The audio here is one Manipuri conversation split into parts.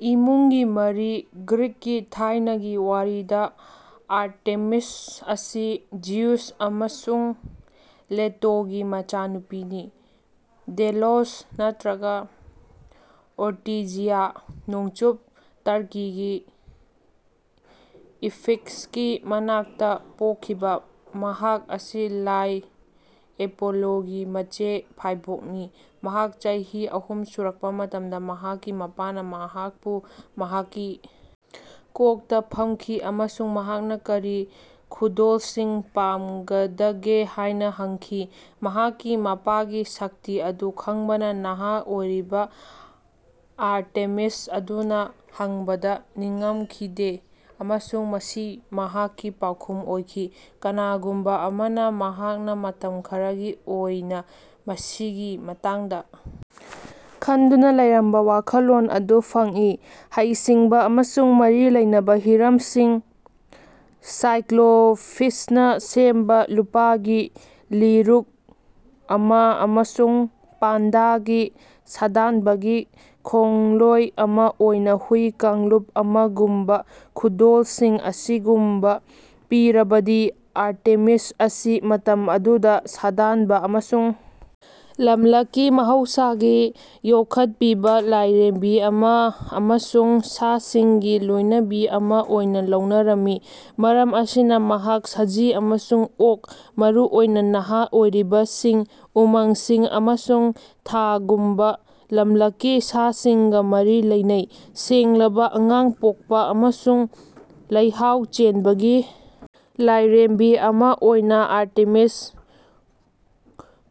ꯏꯃꯨꯡꯒꯤ ꯃꯔꯤ:ꯒ꯭ꯔꯤꯛꯀꯤ ꯊꯥꯏꯅꯒꯤ ꯋꯥꯔꯤꯗ ꯑꯥꯔꯇꯦꯃꯤꯁ ꯑꯁꯤ ꯖ꯭ꯌꯨꯁ ꯑꯃꯁꯨꯡ ꯂꯦꯇꯣꯒꯤ ꯃꯆꯥꯅꯨꯄꯤꯅꯤ꯫ ꯗꯦꯂꯣꯁ ꯅꯠꯇ꯭ꯔꯒ ꯑꯣꯔꯇꯤꯖꯤꯌꯥ (ꯅꯣꯡꯆꯨꯞ ꯇꯔꯀꯤꯒꯤ ꯏꯐꯤꯁꯀꯤ ꯃꯅꯥꯛꯇ) ꯄꯣꯛꯈꯤꯕ ꯃꯍꯥꯛ ꯑꯁꯤ ꯂꯥꯏ ꯑꯄꯣꯂꯣꯒꯤ ꯃꯆꯦ ꯐꯥꯏꯕꯣꯛꯅꯤ꯫ ꯃꯍꯥꯛ ꯆꯍꯤ ꯑꯍꯨꯝ ꯁꯨꯔꯛꯄ ꯃꯇꯝꯗ ꯃꯍꯥꯛꯀꯤ ꯃꯄꯥꯅ ꯃꯍꯥꯛꯄꯨ ꯃꯍꯥꯛꯀꯤ ꯀꯣꯛꯇ ꯐꯝꯈꯤ ꯑꯃꯁꯨꯡ ꯃꯍꯥꯛꯅ ꯀꯔꯤ ꯈꯨꯗꯣꯜꯁꯤꯡ ꯄꯥꯝꯒꯗꯒꯦ ꯍꯥꯏꯅ ꯍꯪꯈꯤ꯫ ꯃꯍꯥꯛꯀꯤ ꯃꯄꯥꯒꯤ ꯁꯛꯇꯤ ꯑꯗꯨ ꯈꯪꯕꯅ, ꯅꯍꯥ ꯑꯣꯏꯔꯤꯕ ꯑꯥꯔꯇꯦꯃꯤꯁ ꯑꯗꯨꯅ ꯍꯪꯕꯗ ꯅꯤꯡꯉꯝꯈꯤꯗꯦ ꯑꯃꯁꯨꯡ ꯃꯁꯤ ꯃꯍꯥꯛꯀꯤ ꯄꯥꯎꯈꯨꯝ ꯑꯣꯏꯈꯤ (ꯀꯅꯥꯒꯨꯝꯕ ꯑꯃꯅ ꯃꯍꯥꯛꯅ ꯃꯇꯝ ꯈꯔꯒꯤ ꯑꯣꯏꯅ ꯃꯁꯤꯒꯤ ꯃꯇꯥꯡꯗ ꯈꯟꯗꯨꯅ ꯂꯩꯔꯝꯕ ꯋꯥꯈꯜꯂꯣꯟ ꯑꯗꯨ ꯐꯪꯉꯤ ꯍꯩ-ꯁꯤꯡꯕ ꯑꯃꯁꯨꯡ ꯃꯔꯤ ꯂꯩꯅꯕ ꯍꯤꯔꯝꯁꯤꯡ ꯁꯥꯏꯀ꯭ꯂꯣꯄꯤꯁꯅ ꯁꯦꯝꯕ ꯂꯨꯄꯥꯒꯤ ꯂꯤꯔꯨꯡ ꯑꯃ ꯑꯃꯁꯨꯡ ꯄꯥꯟꯗꯒꯤ ꯁꯥꯗꯥꯟꯕꯒꯤ ꯈꯣꯡꯂꯣꯏ ꯑꯃ ꯑꯣꯏꯅ ꯍꯨꯏ ꯀꯥꯡꯂꯨꯞ ꯑꯃꯒꯨꯝꯕ ꯈꯨꯗꯣꯜꯁꯤꯡ ꯑꯁꯤꯒꯨꯝꯕ ꯄꯤꯔꯕꯗꯤ, ꯑꯥꯔꯇꯦꯃꯤꯁ ꯑꯁꯤ, ꯃꯇꯝ ꯑꯗꯨꯗ, ꯁꯥꯗꯥꯟꯕ ꯑꯃꯁꯨꯡ ꯂꯝꯂꯛꯀꯤ ꯃꯍꯧꯁꯥꯒꯤ ꯌꯣꯛꯈꯠꯄꯤꯕ ꯂꯥꯏꯔꯦꯝꯕꯤ ꯑꯃ ꯑꯃꯁꯨꯡ ꯁꯥꯁꯤꯡꯒꯤ ꯂꯣꯏꯅꯕꯤ ꯑꯃ ꯑꯣꯏꯅ ꯂꯧꯅꯔꯝꯃꯤ꯫ ꯃꯔꯝ ꯑꯁꯤꯅ, ꯃꯍꯥꯛ ꯁꯖꯤ ꯑꯃꯁꯨꯡ ꯑꯣꯛ (ꯃꯔꯨꯑꯣꯏꯅ ꯅꯍꯥ ꯑꯣꯏꯔꯤꯕꯁꯤꯡ), ꯎꯃꯪꯁꯤꯡ, ꯑꯃꯁꯨꯡ ꯊꯥꯒꯨꯝꯕ ꯂꯝꯂꯛꯀꯤ ꯁꯥꯁꯤꯡꯒ ꯃꯔꯤ ꯂꯩꯅꯩ꯫ ꯁꯦꯡꯂꯕ, ꯑꯉꯥꯡ ꯄꯣꯛꯄ, ꯑꯃꯁꯨꯡ ꯂꯩꯍꯥꯎ ꯆꯦꯟꯕꯒꯤ ꯂꯥꯏꯔꯦꯝꯕꯤ ꯑꯃ ꯑꯣꯏꯅ, ꯑꯥꯔꯇꯦꯃꯤꯁ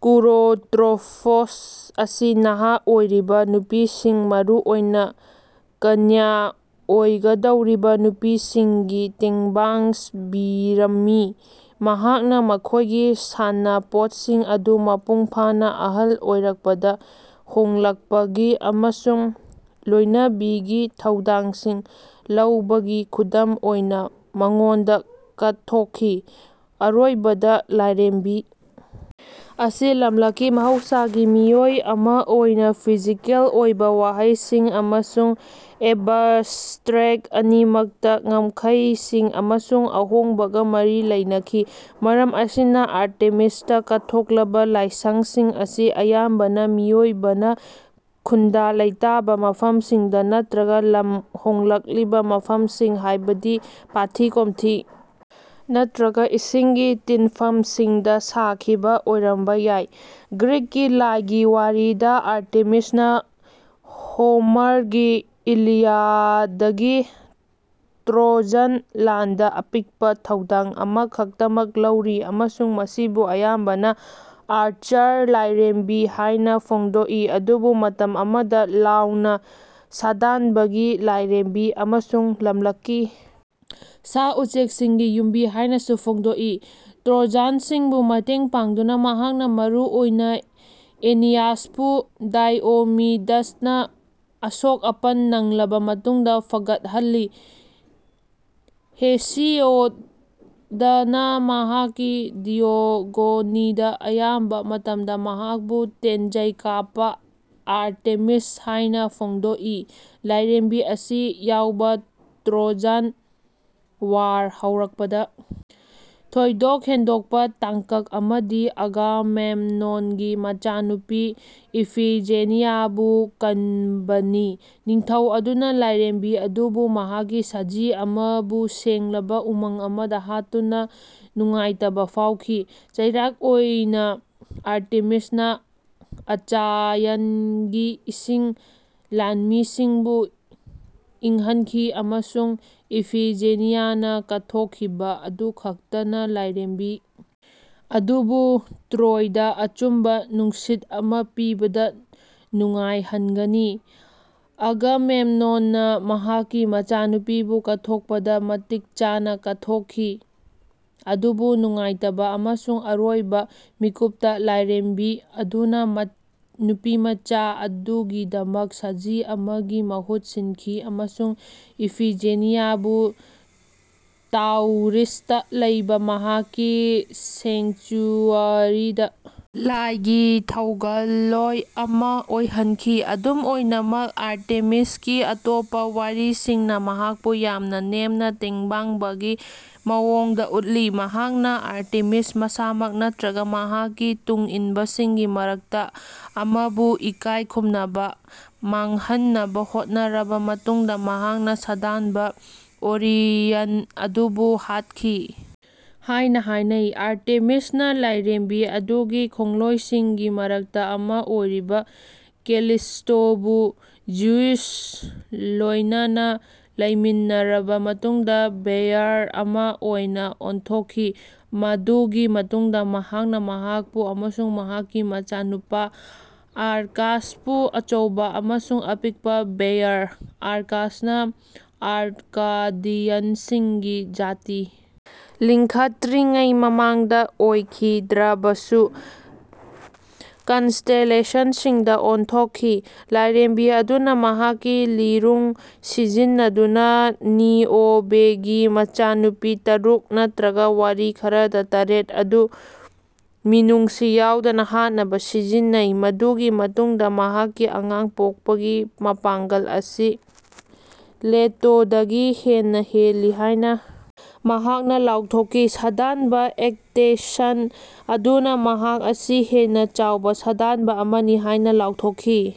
ꯀꯨꯔꯣꯇ꯭ꯔꯣꯐꯣꯁ ꯑꯁꯤ ꯅꯍꯥ ꯑꯣꯏꯔꯤꯕ ꯅꯨꯄꯤꯁꯤꯡ, ꯃꯔꯨꯑꯣꯏꯅ ꯀꯅ꯭ꯌ ꯑꯣꯏꯒꯗꯧꯔꯤꯕ ꯅꯨꯄꯤꯁꯤꯡꯒꯤ ꯇꯦꯡꯕꯥꯡꯕꯤꯔꯝꯃꯤ, ꯃꯍꯥꯛꯅ ꯃꯈꯣꯏꯒꯤ ꯁꯥꯟꯅꯄꯣꯠꯁꯤꯡ ꯑꯗꯨ ꯃꯄꯨꯡ ꯐꯥꯅ ꯑꯍꯜ ꯑꯣꯏꯔꯛꯄꯗ ꯍꯣꯡꯂꯛꯄꯒꯤ ꯑꯃꯁꯨꯡ ꯂꯣꯏꯅꯕꯤꯒꯤ ꯊꯧꯗꯥꯡꯁꯤꯡ ꯂꯧꯕꯒꯤ ꯈꯨꯗꯝ ꯑꯣꯏꯅ ꯃꯉꯣꯟꯗ ꯀꯠꯊꯣꯛꯈꯤ꯫ ꯑꯔꯣꯏꯕꯗ, ꯂꯥꯏꯔꯦꯝꯕꯤ ꯑꯁꯤ, ꯂꯝꯂꯛꯀꯤ ꯃꯍꯧꯁꯥꯒꯤ ꯃꯤꯑꯣꯏ ꯑꯃ ꯑꯣꯏꯅ, ꯐꯤꯖꯤꯀꯦꯜ ꯑꯣꯏꯕ ꯋꯥꯍꯩꯁꯤꯡ ꯑꯃꯁꯨꯡ ꯑꯦꯕꯁꯇ꯭ꯔꯦꯛꯠ ꯑꯅꯤꯃꯛꯇ ꯉꯝꯈꯩꯁꯤꯡ ꯑꯃꯁꯨꯡ ꯑꯍꯣꯡꯕꯒ ꯃꯔꯤ ꯂꯩꯅꯈꯤ꯫ ꯃꯔꯝ ꯑꯁꯤꯅ, ꯑꯥꯔꯇꯦꯃꯤꯁꯇ ꯀꯠꯊꯣꯛꯂꯕ ꯂꯥꯏꯁꯪꯁꯤꯡ ꯑꯁꯤ ꯑꯌꯥꯝꯕꯅ ꯃꯤꯑꯣꯏꯕꯅ ꯈꯨꯟꯗꯥ-ꯂꯩꯇꯥꯕ ꯃꯐꯝꯁꯤꯡꯗ ꯅꯠꯇ꯭ꯔꯒ ꯂꯝ ꯍꯣꯡꯂꯛꯂꯤꯕ ꯃꯐꯝꯁꯤꯡ ꯍꯥꯏꯕꯗꯤ ꯄꯥꯠꯊꯤ-ꯀꯣꯝꯊꯤ ꯅꯠꯇ꯭ꯔꯒ ꯏꯁꯤꯡꯒꯤ ꯇꯤꯟꯐꯝꯁꯤꯡꯗ ꯁꯥꯈꯤꯕ ꯑꯣꯏꯔꯝꯕ ꯌꯥꯏ꯫ ꯒ꯭ꯔꯤꯛꯀꯤ ꯂꯥꯏꯒꯤ ꯋꯥꯔꯤꯗ ꯑꯥꯔꯇꯦꯃꯤꯁꯅ ꯍꯣꯃꯔꯒꯤ ꯏꯂꯤꯌꯥꯗꯀꯤ ꯇ꯭ꯔꯣꯖꯟ ꯂꯥꯟꯗ ꯑꯄꯤꯛꯄ ꯊꯧꯗꯥꯡ ꯑꯃꯈꯛꯇꯃꯛ ꯂꯧꯔꯤ ꯑꯃꯁꯨꯡ ꯃꯁꯤꯕꯨ ꯑꯌꯥꯝꯕꯅ 'ꯑꯥꯔꯆꯔ ꯂꯥꯏꯔꯦꯝꯕꯤ' ꯍꯥꯏꯅ ꯐꯣꯡꯗꯣꯛꯏ ꯑꯗꯨꯕꯨ ꯃꯇꯝ ꯑꯃꯗ 'ꯂꯥꯎꯅ ꯁꯥꯗꯥꯟꯕꯒꯤ ꯂꯥꯏꯔꯦꯝꯕꯤ' ꯑꯃꯁꯨꯡ 'ꯂꯝꯂꯛꯀꯤ ꯁꯥ-ꯎꯆꯦꯛꯁꯤꯡꯒꯤ ꯌꯨꯝꯕꯤ' ꯍꯥꯏꯅꯁꯨ ꯐꯣꯡꯗꯣꯛꯏ꯫ ꯇ꯭ꯔꯣꯖꯥꯟꯁꯤꯡꯕꯨ ꯃꯇꯦꯡ ꯄꯥꯡꯗꯨꯅ, ꯃꯍꯥꯛꯅ ꯃꯔꯨꯑꯣꯏꯅ ꯑꯦꯅꯤꯌꯥꯁꯄꯨ ꯗꯥꯏꯑꯣꯃꯤꯗꯁꯅ ꯑꯁꯣꯛ ꯑꯄꯟ ꯅꯪꯂꯕ ꯃꯇꯨꯡꯗ ꯐꯒꯠꯍꯜꯂꯤ꯫ ꯍꯦꯁꯤꯌꯣꯗꯅ ꯃꯍꯥꯛꯀꯤ ꯊꯤꯌꯣꯒꯣꯅꯤꯗ ꯑꯌꯥꯝꯕ ꯃꯇꯝꯗ ꯃꯍꯥꯛꯄꯨ 'ꯇꯦꯟꯖꯩ ꯀꯥꯞꯄ ꯑꯥꯔꯇꯦꯃꯤꯁ' ꯍꯥꯏꯅ ꯐꯣꯡꯗꯣꯛꯏ꯫ ꯂꯥꯏꯔꯦꯝꯕꯤ ꯑꯁꯤ ꯌꯥꯎꯕ ꯇ꯭ꯔꯣꯖꯟ ꯋꯥꯔ ꯍꯧꯔꯛꯄꯗ ꯊꯣꯏꯗꯣꯛ ꯍꯦꯟꯗꯣꯛꯄ ꯇꯥꯡꯀꯛ ꯑꯃꯗꯤ ꯑꯒꯥꯃꯦꯝꯅꯣꯟꯒꯤ ꯃꯆꯥꯅꯨꯄꯤ ꯏꯐꯤꯖꯦꯅꯤꯌꯥꯕꯨ ꯀꯟꯕꯅꯤ꯫ ꯅꯤꯡꯊꯧ ꯑꯗꯨꯅ ꯂꯥꯏꯔꯦꯝꯕꯤ ꯑꯗꯨꯕꯨ ꯃꯍꯥꯛꯀꯤ ꯁꯖꯤ ꯑꯃꯕꯨ ꯁꯦꯡꯂꯕ ꯎꯃꯪ ꯑꯃꯗ ꯍꯥꯠꯇꯨꯅ ꯅꯨꯡꯉꯥꯏꯇꯕ ꯐꯥꯎꯈꯤ꯫ ꯆꯩꯔꯥꯛ ꯑꯣꯏꯅ ꯑꯥꯔꯇꯦꯃꯤꯁꯅ ꯑꯆꯥꯌꯟꯒꯤ ꯏꯁꯤꯡ ꯂꯥꯟꯃꯤꯁꯤꯡꯕꯨ ꯏꯪꯍꯟꯈꯤ ꯑꯃꯁꯨꯡ ꯏꯐꯤꯖꯦꯅꯤꯌꯥꯅ ꯀꯠꯊꯣꯛꯈꯤꯕ ꯑꯗꯨꯈꯛꯇꯅ ꯂꯥꯏꯔꯦꯝꯕꯤ ꯑꯗꯨꯕꯨ ꯇ꯭ꯔꯣꯏꯗ ꯑꯆꯨꯝꯕ ꯅꯨꯡꯁꯤꯠ ꯑꯃ ꯄꯤꯕꯗ ꯅꯨꯡꯉꯥꯏꯍꯟꯒꯅꯤ꯫ ꯑꯒꯥꯃꯦꯝꯅꯣꯟꯅ ꯃꯍꯥꯛꯀꯤ ꯃꯆꯥꯅꯨꯄꯤꯕꯨ ꯀꯠꯊꯣꯛꯄꯗ ꯃꯇꯤꯛ ꯆꯥꯅ ꯀꯠꯊꯣꯛꯈꯤ, ꯑꯗꯨꯕꯨ ꯅꯨꯡꯉꯥꯏꯇꯕ ꯑꯃꯁꯨꯡ ꯑꯔꯣꯏꯕ ꯃꯤꯀꯨꯞꯇ, ꯂꯥꯏꯔꯦꯝꯕꯤ ꯑꯗꯨꯅ ꯅꯨꯄꯤꯃꯆꯥ ꯑꯗꯨꯒꯤꯗꯃꯛ ꯁꯖꯤ ꯑꯃꯒꯤ ꯃꯍꯨꯠ ꯁꯤꯟꯈꯤ ꯑꯃꯁꯨꯡ ꯏꯐꯤꯖꯦꯅꯤꯌꯥꯕꯨ ꯇꯥꯎꯔꯤꯁꯇ ꯂꯩꯕ ꯃꯍꯥꯛꯀꯤ ꯁꯦꯡꯆꯨꯑꯔꯤꯗ ꯂꯥꯏꯒꯤ ꯊꯧꯒꯜꯂꯣꯏ ꯑꯃ ꯑꯣꯏꯍꯟꯈꯤ꯫ ꯑꯗꯨꯝ ꯑꯣꯏꯅꯃꯛ, ꯑꯥꯔꯇꯦꯃꯤꯁꯀꯤ ꯑꯇꯣꯞꯄ ꯋꯥꯔꯤꯁꯤꯡꯅ ꯃꯍꯥꯛꯄꯨ ꯌꯥꯝꯅ ꯅꯦꯝꯅ ꯇꯦꯡꯕꯥꯡꯕꯒꯤ ꯃꯋꯣꯡꯗ ꯎꯠꯂꯤ꯫ ꯃꯍꯥꯛꯅ ꯑꯥꯔꯇꯦꯃꯤꯁ ꯃꯁꯥꯃꯛ ꯅꯠꯇ꯭ꯔꯒ ꯃꯍꯥꯛꯀꯤ ꯇꯨꯡꯏꯟꯕꯁꯤꯡꯒꯤ ꯃꯔꯛꯇ ꯑꯃꯕꯨ ꯏꯀꯥꯏ ꯈꯨꯝꯅꯕ ꯃꯥꯡꯍꯟꯅꯕ ꯍꯣꯠꯅꯔꯕ ꯃꯇꯨꯡꯗ ꯃꯍꯥꯛꯅ ꯁꯥꯗꯥꯟꯕ ꯑꯣꯔꯤꯌꯟ ꯑꯗꯨꯕꯨ ꯍꯥꯠꯈꯤ ꯍꯥꯏꯅ ꯍꯥꯏꯅꯩ꯫ ꯑꯥꯔꯇꯦꯃꯤꯁꯅ ꯂꯥꯏꯔꯦꯝꯕꯤ ꯑꯗꯨꯒꯤ ꯈꯣꯡꯂꯣꯏꯁꯤꯡꯒꯤ ꯃꯔꯛꯇ ꯑꯃ ꯑꯣꯏꯔꯤꯕ ꯀꯦꯂꯤꯁ꯭ꯇꯣꯕꯨ ꯖ꯭ꯌꯨꯁꯀ ꯂꯣꯏꯅꯅ ꯂꯩꯃꯤꯟꯅꯔꯕ ꯃꯇꯨꯡꯗ ꯕꯦꯌꯔ ꯑꯃ ꯑꯣꯏꯅ ꯑꯣꯟꯊꯣꯛꯈꯤ, ꯃꯗꯨꯒꯤ ꯃꯇꯨꯡꯗ ꯃꯍꯥꯛꯅ ꯃꯍꯥꯛꯄꯨ ꯑꯃꯁꯨꯡ ꯃꯍꯥꯛꯀꯤ ꯃꯆꯥꯅꯨꯄꯥ ꯑꯥꯔꯀꯥꯁꯄꯨ ꯑꯆꯧꯕ ꯑꯃꯁꯨꯡ ꯑꯄꯤꯛꯄ ꯕꯦꯌꯔ (ꯑꯥꯔꯀꯥꯁꯅ ꯑꯥꯔꯀꯥꯗꯤꯌꯟꯁꯤꯡꯒꯤ ꯖꯥꯇꯤ ꯂꯤꯡꯈꯠꯇ꯭ꯔꯤꯉꯩ ꯃꯃꯥꯡꯗ ꯑꯣꯏꯈꯤꯗ꯭ꯔꯕꯁꯨ) ꯀꯟꯁꯇꯦꯂꯦꯁꯟꯁꯤꯡꯗ ꯑꯣꯟꯊꯣꯛꯈꯤ꯫ ꯂꯥꯏꯔꯦꯝꯕꯤ ꯑꯗꯨꯅ ꯃꯍꯥꯛꯀꯤ ꯂꯤꯔꯨꯡ ꯁꯤꯖꯤꯟꯅꯗꯨꯅ ꯅꯤꯑꯣꯕꯦꯒꯤ ꯃꯆꯥꯅꯨꯄꯤ ꯇꯔꯨꯛ (ꯅꯠꯇ꯭ꯔꯒ ꯋꯥꯔꯤ ꯈꯔꯗ ꯇꯔꯦꯠ) ꯑꯗꯨ ꯃꯤꯅꯨꯡꯁꯤ ꯌꯥꯎꯗꯅ ꯍꯥꯠꯅꯕ ꯁꯤꯖꯤꯟꯅꯩ ꯃꯗꯨꯒꯤ ꯃꯇꯨꯡꯗ ꯃꯍꯥꯛꯀꯤ ꯑꯉꯥꯡ ꯄꯣꯛꯄꯒꯤ ꯃꯄꯥꯡꯒꯜ ꯑꯁꯤ ꯂꯦꯇꯣꯗꯒꯤ ꯍꯦꯟꯅ ꯍꯦꯜꯂꯤ ꯍꯥꯏꯅ ꯃꯍꯥꯛꯅ ꯂꯥꯎꯊꯣꯛꯈꯤ꯫ ꯁꯥꯗꯥꯟꯕ ꯑꯦꯛꯇꯦꯌꯟ ꯑꯗꯨꯅ, ꯃꯍꯥꯛ ꯑꯁꯤ ꯍꯦꯟꯅ ꯆꯥꯎꯕ ꯁꯥꯗꯥꯟꯕ ꯑꯃꯅꯤ ꯍꯥꯏꯅ ꯂꯥꯎꯊꯣꯛꯈꯤ꯫